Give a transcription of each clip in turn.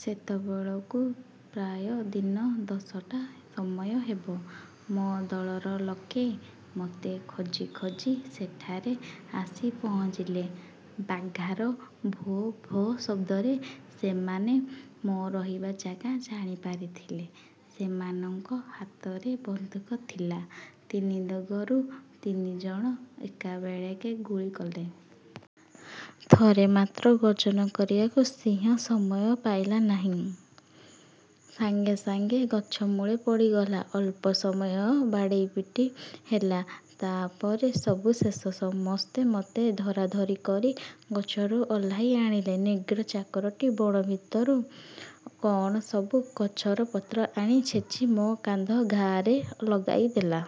ସେତେବେଳକୁ ପ୍ରାୟ ଦିନ ଦଶଟା ସମୟ ହେବ। ମୋ ଦଳର ଲୋକେ ମୋତେ ଖୋଜି ଖୋଜି ସେଠାରେ ଆସି ପହଞ୍ଚିଲେ। ବାଘାର ଭୋ ଭୋ ଶବ୍ଦରେ ସେମାନେ ମୋ ରହିବା ଜାଗା ଜାଣିପାରିଥିଲେ। ସେମାନଙ୍କ ହାତରେ ବନ୍ଧୁକ ଥିଲା। ତିନି ଦିଗରୁ ତିନି ଜଣ ଏକାବେଳେକେ ଗୁଳି କଲେ। ଥରେ ମାତ୍ର ଗର୍ଜନ କରିବାକୁ ସିଂହୀ ସମୟ ପାଇଲା ନାହିଁ। ସାଙ୍ଗେ ସାଙ୍ଗେ ଗଛମୂଳେ ପଡ଼ିଗଲା। ଅଳ୍ପ ସମୟ ବାଡ଼େଇପିଟି ହେଲା, ତା'ପରେ ସବୁ ଶେଷ। ସମସ୍ତେ ମୋତେ ଧରାଧରି କରି। ଗଛରୁ ଓହ୍ଲାଇ ଆଣିଲେ। ନିଗ୍ରୋ ଚାକରଟି ବଣ ଭିତରୁ କଅଣ ସବୁ ଗଛର ପତ୍ର ଆଣି ଛେଚି ମୋ କାନ୍ଧ ଘାଆରେ ଲଗାଇଦେଲା।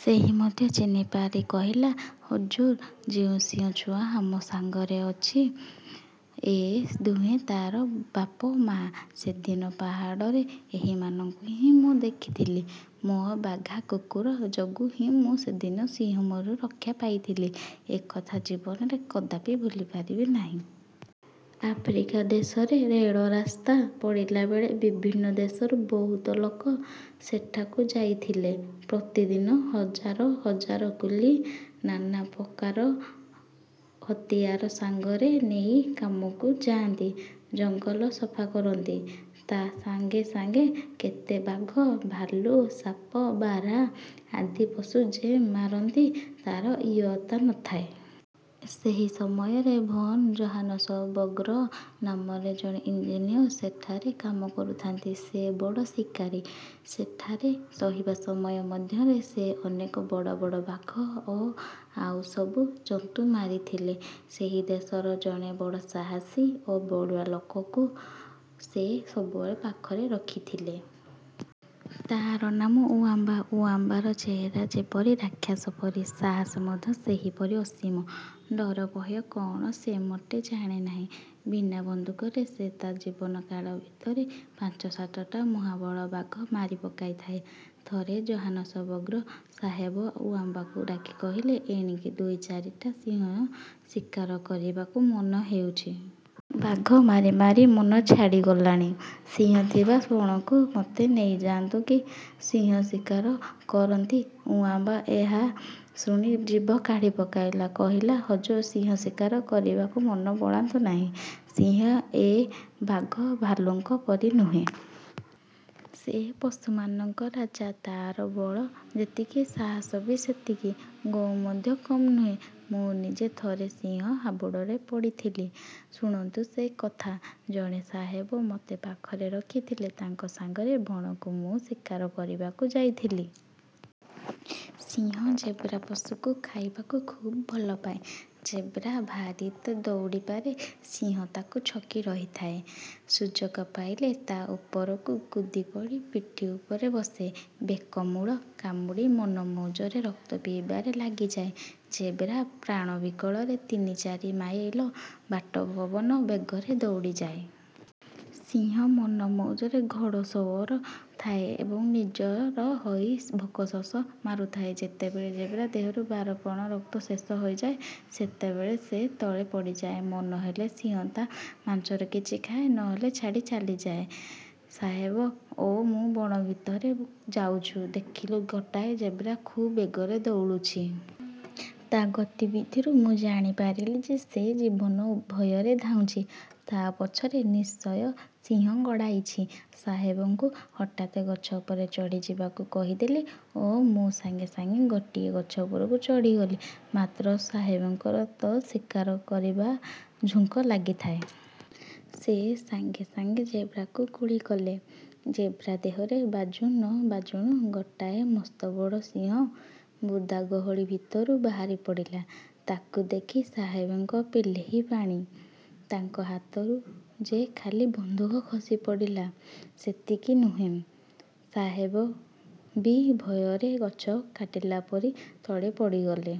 ସେହି ମଧ୍ୟ ଚିହ୍ନିପାରି କହିଲା, ''ହଜୁର, ଯେଉଁ ସିଂହଛୁଆ ଆମ ସାଙ୍ଗରେ ଅଛି, ଏ ଦୁହେଁ ତା'ର ବାପ ମା। ସେଦିନ ପାହାଡ଼ରେ ଏହିମାନଙ୍କୁ ହିଁ ମୁଁ ଦେଖିଥିଲି। '' ମୋ ବାଘା କୁକୁର ଯୋଗୁଁ ହିଁ ମୁଁ ସେ ଦିନ ସିଂହମୁହଁରୁ ରକ୍ଷା ପାଇଥିଲି-ଏକଥା ଜୀବନରେ କଦାପି ଭୁଲିପାରିବି ନାହିଁ। ଆଫ୍ରିକା ଦେଶରେ ରେଳ ରାସ୍ତା ପଡ଼ିଲାବେଳେ ବିଭିନ୍ନ ଦେଶରୁ ବହୁତ ଲୋକ ସେଠାକୁ ଯାଇଥିଲେ। ପ୍ରତିଦିନ ହଜାର ହଜାର କୁଲି ନାନାପ୍ରକାର ହତିଆର ସାଙ୍ଗରେ ନେଇ କାମକୁ ଯାଆନ୍ତି। ଜଙ୍ଗଲ ସଫା କରନ୍ତି। ତା' ସାଙ୍ଗେସାଙ୍ଗେ କେତେ ବାଘ, ଭାଲୁ, ସାପ, ବାର୍ହା ଆଦି ପଶୁ ଯେ ମାରନ୍ତି, ତା'ର ଇୟତ୍ତା ନ ଥାଏ। ସେହି ସମୟରେ ଭନ୍ ଜୋହାନସବର୍ଗ ନାମରେ ଜଣେ ଇଞ୍ଜିନିୟର ସେଠାରେ କାମ କରୁଥାନ୍ତି। ସେ ବଡ଼ ଶିକାରୀ। ସେଠାରେ ରହିବା ସମୟ ମଧ୍ୟରେ ସେ ଅନେକ ବଡ଼ ବଡ଼ ବାଘ ଓ ଆଉ ସବୁ ଜନ୍ତୁ ମାରିଥିଲେ। ସେହି ଦେଶର ଜଣେ ବଡ଼ ସାହସୀ ଓ ବଳୁଆ ଲୋକକୁ ସେ ସବୁବେଳେ ପାଖରେ ରଖିଥିଲେ। ତା'ର ନାମ ଉଆମ୍ବା। ଉଆମ୍ବାର ଚେହେରା ଯେପରି ରାକ୍ଷସ ପରି, ସାହସ ମଧ୍ୟ ସେହିପରି ଅସୀମ। ଡର ଭୟ କଅଣ, ସେ ମୋଟେ ଜାଣେ ନାହିଁ। ବିନା ବନ୍ଧୁକରେ ସେ ତା' ଜୀବନ କାଳ ଭିତରେ ପାଞ୍ଚ ସାତଟା ମହାବଳ ବାଘ ମାରି ପକାଇଥାଏ। ଥରେ ଜୋହାନସବର୍ଗ ସାହେବ ଉଆମ୍ବାକୁ ଡାକି କହିଲେ, "ଏଣିକି ଦୁଇ ଚାରିଟା ସିଂହ ଶିକାର କରିବାକୁ ମନ ହେଉଛି। ବାଘ ମାରି ମାରି ମନ ଛାଡ଼ିଗଲାଣି। ସିଂହ ଥିବା ବଣକୁ ମୋତେ ନେଇଯାଆନ୍ତୁ କି, ସିଂହ ଶିକାର କରନ୍ତି। ଉଆମ୍ବା ଏହା ଶୁଣି ଜିଭ କାଢ଼ି ପକାଇଲା। କହିଲା, "ହଜୁର ସିଂହ ଶିକାର କରିବାକୁ ମନ ବଳାନ୍ତୁ ନାହିଁ। ସିଂହ ଏ ବାଘ ଭାଲୁଙ୍କ ପରି ନୁହେଁ। ସେ ପଶୁମାନଙ୍କ ରାଜା; ତା'ର ବଳ ଯେତିକି, ସାହସ ବି ସେତିକି; ଗଉଁ ମଧ୍ୟ କମ୍ ନୁହେଁ। ମୁଁ ନିଜେ ଥରେ ସିଂହ ହାବୁଡ଼ରେ ପଡ଼ିଥିଲି-। ଶୁଣନ୍ତୁ ସେ କଥା ଜଣେ ସାହେବ ମୋତେ ପାଖରେ ରଖିଥିଲେ। ତାଙ୍କ ସାଙ୍ଗରେ ବଣକୁ ମୁଁ ଶିକାର କରିବାକୁ ଯାଇଥିଲି। ସିଂହ ଜେବ୍ରା ପଶୁକୁ ଖାଇବାକୁ ଖୁବ ଭଲପାଏ। ଜେବ୍ରା ଭାରି ତ ଦଉଡ଼ିପାରେ। ସିଂହ ତାକୁ ଛକି ରହିଥାଏ। ସୁଯୋଗ ପାଇଲେ ତା' ଉପରକୁ କୁଦିପଡ଼ି ପିଠି ଉପରେ ବସେ। ବେକମୂଳ କାମୁଡ଼ି ମନମଉଜରେ ରକ୍ତ ପିଇବାରେ ଲାଗିଯାଏ। ଜେବ୍ରା ପ୍ରାଣବିକଳରେ ତିନି ଚାରି ମାଇଲ ବାଟ ପବନ ବେଗରେ ଦଉଡ଼ିଯାଏ। ସିଂହ ମନମଉଜରେ 'ଘୋଡସୱ। ର' ଥାଏ ଏବଂ ନିଜର ହୋଇ ଭୋକ ଶୋଷ ମାରୁଥାଏ। ଯେତେବେଳେ ଜେବ୍ରା ଦେହରୁ ବାରପଣ ରକ୍ତ ଶେଷ ହୋଇଯାଏ; ସେତେବେଳେ ସେ ତଳେ ପଡ଼ିଯାଏ। ମନ ହେଲେ ସିଂହ ତା' ମାଂସରୁ କିଛି ଖାଏ, ନହେଲେ ଛାଡ଼ି ଚାଲିଯାଏ। ସାହେବ ଓ ମୁଁ ବଣ ଭିତରେ ଯାଉଛୁ, ଦେଖିଲୁ ଗୋଟାଏ ଜେବ୍ରା ଖୁବ୍ ବେଗରେ ଦଉଡ଼ୁଛି। ତା' ଗତିବିଧିରୁ ମୁଁ ଜାଣିପାରିଲି ଯେ, ସେ ଜୀବନ ଭୟରେ ଧାଉଁଛି। ତା' ପଛରେ ନିଶ୍ଚୟ ସିଂହ ଗୋଡ଼ାଇଛି। ସାହେବଙ୍କୁ ହଠାତ୍ ଗଛ ଉପରେ ଚଢ଼ିଯିବାକୁ କହିଦେଲି ଓ ମୁଁ ସାଙ୍ଗେ ସାଙ୍ଗେ ଗୋଟିଏ ଗଛ ଉପରକୁ ଚଢ଼ିଗଲି। ମାତ୍ର ସାହେବଙ୍କର ତ ଶିକାର କରିବା ଝୁଙ୍କ ଲାଗିଥାଏ-। ସେ ସାଙ୍ଗେ ସାଙ୍ଗେ ଜେବ୍ରାକୁ ଗୁଳି କଲେ। ଜେବ୍ରା ଦେହରେ ବାଜୁ ନ ବାଜୁଣୁ ଗୋଟାଏ ମସ୍ତବଡ଼ ସିଂହ ବୁଦା ଗହଳି ଭିତରୁ ବାହାରିପଡ଼ିଲା। ତାକୁ ଦେଖି ସାହେବଙ୍କ ପିଳେହି ପାଣି-। ତାଙ୍କ ହାତରୁ ଯେ ଖାଲି ବନ୍ଧୁକ ଖସିପଡ଼ିଲା, ସେତିକି ନୁହେଁ; ସାହେବ ବି ଭୟରେ ଗଛ କାଟିଲା ପରି ତଳେ ପଡ଼ିଗଲେ।